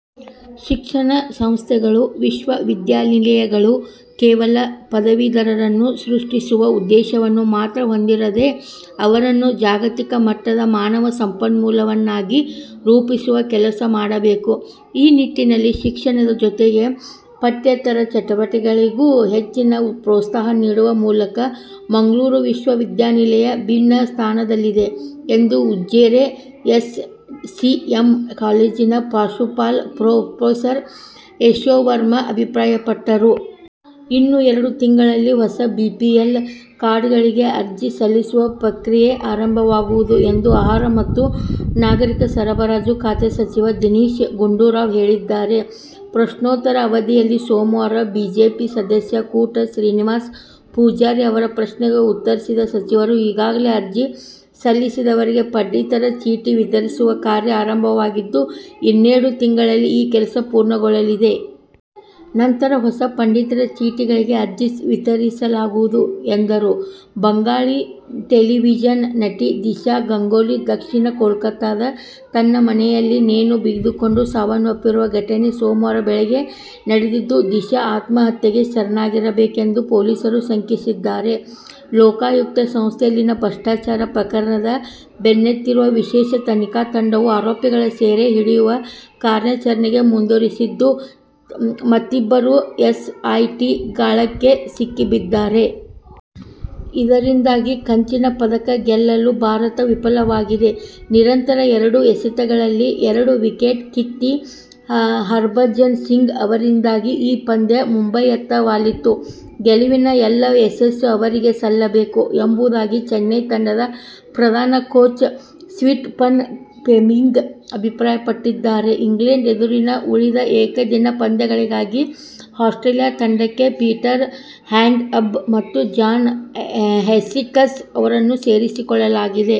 ಶಿಕ್ಷಣ ಸಂಸ್ಥೆಗಳು, ವಿಶ್ವವಿದ್ಯಾನಿಲಯಗಳು ಕೇವಲ ಪದವೀದರರನ್ನು ಸೃಷ್ಟಿಸುವ ಉದ್ದೇಶವನ್ನು ಮಾತ್ರ ಹೊಂದಿರದೆ ಅವರನ್ನು ಜಾಗತಿಕ ಮಟ್ಟದ ಮಾನವ ಸಂಪನ್ಮೂಲವನ್ನಾಗಿ ರೂಪಿಸುವ ಕೆಲಸ ಮಾಡಬೇಕು. ಈ ನಿಟ್ಟಿನಲ್ಲಿ ಶಿಕ್ಷಣದ ಜೊತೆಗೆ ಪಠ್ಯೇತರ ಚಟುವಟಿಕೆಗಳಿಗೂ ಹೆಚ್ಚಿನ ಪ್ರೋತ್ಸಾಹ ನೀಡುವ ಮೂಲಕ ಮಂಗಳೂರು ವಿಶ್ವವಿದ್ಯಾನಿಲಯ ಭಿನ್ನ ಸ್ಥಾನದಲ್ಲಿದೆ ಎಂದು ಉಜಿರೆ ಎಸ್ಡಿಎಂ ಕಾಲೇಜಿನ ಪ್ರಾಂಶುಪಾಲ ಪ್ರೊ ಯಶೋವರ್ಮ ಅಭಿಪ್ರಾಯಪಟ್ಟರು. ಇನ್ನು ಎರಡು ತಿಂಗಳಲ್ಲಿ ಹೊಸ ಬಿಪಿಎಲ್ ಕಾರ್ಡ್ಗಳಿಗೆ ಅರ್ಜಿ ಸಲ್ಲಿಸುವ ಪ್ರಕ್ರಿಯೆ ಆರಂಭಿಸಲಾಗುವುದು ಎಂದು ಆಹಾರ ಮತ್ತು ನಾಗರಿಕ ಸರಬರಾಜು ಖಾತೆ ಸಚಿವ ದಿನೇಶ್ ಗುಂಡೂರಾವ್ ಹೇಳಿದ್ದಾರೆ. ಪ್ರಶ್ನೋತ್ತರ ಅವಧಿಯಲ್ಲಿ ಸೋಮವಾರ ಬಿಜೆಪಿ ಸದಸ್ಯ ಕೋಟ ಶ್ರೀನಿವಾಸ ಪೂಜಾರಿ ಅವರ ಪ್ರಶ್ನೆಗೆ ಉತ್ತರಿಸಿದ ಸಚಿವರು, ಈಗಾಗಲೇ ಅರ್ಜಿ ಸಲ್ಲಿಸಿದವರಿಗೆ ಪಡಿತರ ಚೀಟಿ ವಿತರಿಸುವ ಕಾರ್ಯ ಆರಂಭವಾಗಿದ್ದು, ಇನ್ನೆರಡು ತಿಂಗಳಲ್ಲಿ ಈ ಕೆಲಸ ಪೂರ್ಣಗೊಳ್ಳಲಿದೆ. ನಂತರ ಹೊಸ ಪಡಿತರ ಚೀಟಿಗಳಿಗೆ ಅರ್ಜಿ ವಿತರಿಸಲಾಗುವುದು ಎಂದರು. ಬಂಗಾಳಿ ಟೆಲಿವಿಷನ್ ನಟಿ ದಿಶಾ ಗಂಗೂಲಿ ದಕ್ಷಿಣ ಕೋಲ್ಕತಾದ ತನ್ನ ಮನೆಯಲ್ಲಿ ನೇಣು ಬಿಗಿದುಕೊಂಡು ಸಾವನ್ನಪ್ಪಿರುವ ಘಟನೆ ಸೋಮವಾರ ಬೆಳಗ್ಗೆ ನಡೆದಿದ್ದು, ದಿಶಾ ಆತ್ಮಹತ್ಯೆಗೆ ಶರಣಾಗಿರಬೇಕೆಂದು ಪೊಲೀಸರು ಶಂಕಿಸಿದ್ದಾರೆ. ಲೋಕಾಯುಕ್ತ ಸಂಸ್ಥೆಯಲ್ಲಿನ ಭ್ರಷ್ಟಾಚಾರ ಪ್ರಕರಣದ ಬೆನ್ನತ್ತಿರುವ ವಿಶೇಷ ತನಿಖಾ ತಂಡವು ಆರೋಪಿಗಳ ಸೆರೆ ಹಿಡಿಯುವ ಕಾರ್ಯಾಚರಣೆ ಮುಂದುವರಿಸಿದ್ದು, ಮತ್ತಿಬ್ಬರು ಎಸ್ಐಟಿ ಗಾಳಕ್ಕೆ ಸಿಕ್ಕಿಬಿದ್ದಿದ್ದಾರೆ. ಇದರಿಂದಾಗಿ ಕಂಚಿನ ಪದಕ ಗೆಲ್ಲಲು ಭಾರತ ವಿಫಲವಾಗಿದೆ. ನಿರಂತರ ಎರಡು ಎಸೆತಗಳಲ್ಲಿ ಎರಡು ವಿಕೆಟ್ ಕಿತ್ತ ಹರ್ಭಜನ್ ಸಿಂಗ್ ಅವರಿಂದಾಗಿ ಈ ಪಂದ್ಯ ಮುಂಬೈಯತ್ತ ವಾಲಿತು, ಗೆಲುವಿನ ಎಲ್ಲ ಶ್ರೇಯಸ್ಸು ಅವರಿಗೇ ಸಲ್ಲಬೇಕು ಎಂಬುದಾಗಿ ಚೆನ್ನೈ ತಂಡದ ಪ್ರಧಾನ ಕೋಚ್ ಸ್ಟೀಫನ್ ಫ್ಲೆಮಿಂಗ್ ಅಭಿಪ್ರಾಯಪಟ್ಟಿದ್ದಾರೆ. ಇಂಗ್ಲೆಂಡ್ ಎದುರಿನ ಉಳಿದ ಏಕದಿನ ಪಂದ್ಯಗಳಿಗಾಗಿ ಆಸ್ಟ್ರೇಲಿಯ ತಂಡಕ್ಕೆ ಪೀಟರ್ ಹ್ಯಾಂಡ್ಸ್ಕಾಂಬ್ ಮತ್ತು ಜಾನ್ ಹೇಸ್ಟಿಂಗ್ಸ್ ಅವರನ್ನು ಸೇರಿಸಿಕೊಳ್ಳಲಾಗಿದೆ.